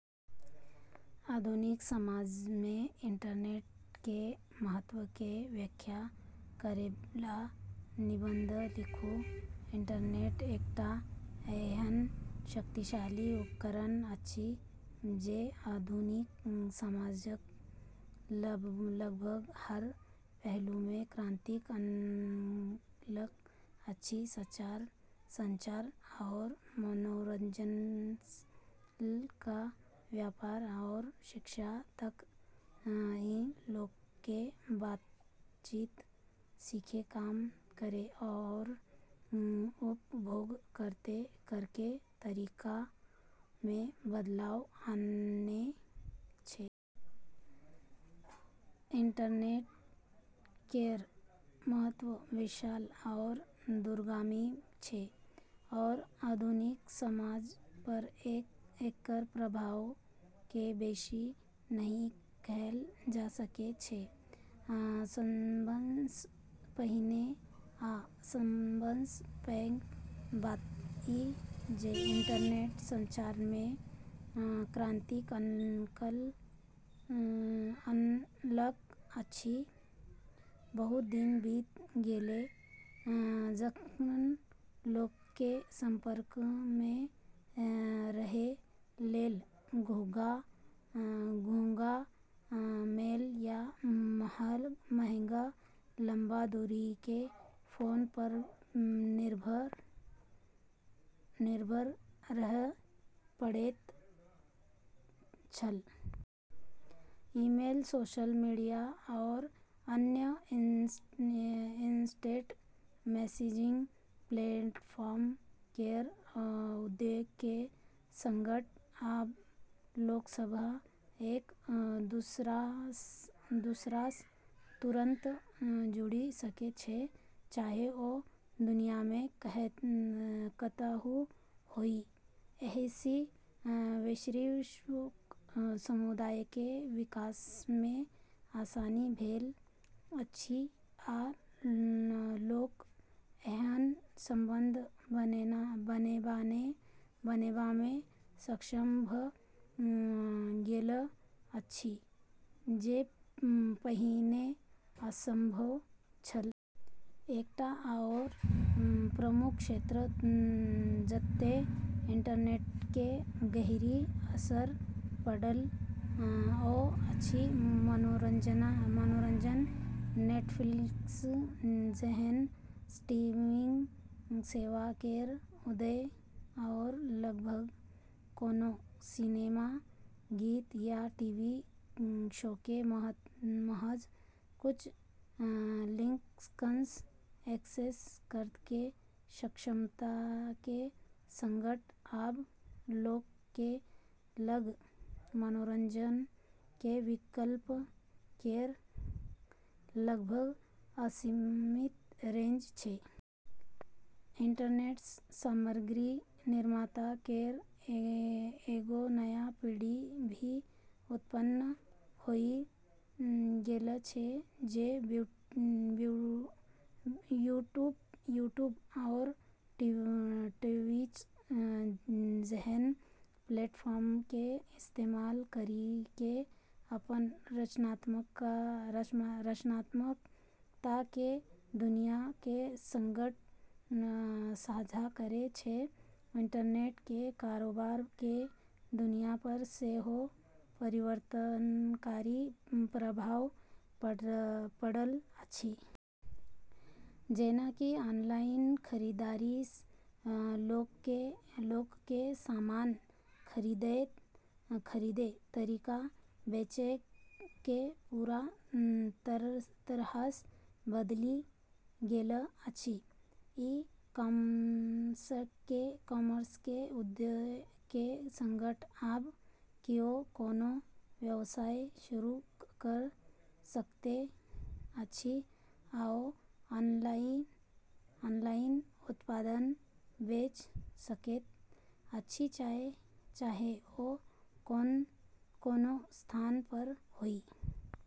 आधुनिक समाजमे इंटरनेटके महत्वके व्याख्या करैबला निबंध लिखु । इंटरनेट एकटा एहन शक्तिशाली उपकरण अछि जे आधुनिक समाजक लगभग हर पहलूमे क्रांति अनलक अछि। संचार आओर मनोरंजनसँ ल' क' व्यापार आओर शिक्षा तक, ई लोकके बातचीत, सीखै, काम करै, आओर उपभोग करैके तरीकामे बदलाव आननै छै। इंटरनेट केर महत्व विशाल आओर दूरगामी छै, आओर आधुनिक समाज पर एकर प्रभावके बेशी नहि कहल जा सकै छै। सबसँ पहिने आ सबसँ पैघ बात ई जे इंटरनेट संचारमे क्रांति अनलक अछि। बहुत दिन बीत गेल जखन लोकके संपर्कमे रहय लेल घोंघा मेल या महग लंबा दूरीके फोन पर निर्भर रहय पड़ैत छल। ईमेल, सोशल मीडिया, आओर अन्य इंस्टेंट मैसेजिंग प्लेटफॉर्म केर उदयके सङ्ग आब लोकसब एक-दूसरासँ तुरंत जुड़ि सकै छै, चाहे ओ दुनियामे कतहुँ होइ। एहिसँ वैश्विक समुदायके विकासमे आसानी भेल अछि आ लोक एहन संबंध बनेबामे सक्षम भ' गेल अछि जे पहिने असंभव छल। एकटा आओर प्रमुख क्षेत्र जतय इंटरनेटके गहीँर असर पड़ल ओ अछि मनोरंजन। नेटफ्लिक्स जेहन स्ट्रीमिंग सेवा केर उदय आओर लगभग कोनो सिनेमा, गीत, या टीवी शोके महज कुछ क्लिकसँ एक्सेस करैके क्षमताके सङ्ग, आब लोकके लग मनोरंजनके विकल्प केर लगभग असीमित रेंज छै। इंटरनेटसँ सामग्री निर्माता केर एगो नया पीढ़ी भी उत्पन्न होइ गेल छै, जे यूट्यूब आओर ट्विच जेहन प्लेटफॉर्मके इस्तेमाल करिके अपन रचनात्मकताके दुनियाके सङ्ग साझा करै छै। इंटरनेटके कारोबारके दुनिया पर सेहो परिवर्तनकारी प्रभाव पड़ल अछि। जेना कि ऑनलाइन खरीदारीसँ लोकके सामान खरीदय- तरीका बेचैके पूरा तरहसँ बदलि गेल अछि। ई-कॉमर्सके उदयके सङ्ग आब किओ कोनो व्यवसाय शुरू क' सकैत अछि आओर ऑनलाइन उत्पाद बेच सकैत अछि, चाहे ओ कोनो स्थान पर होइ ।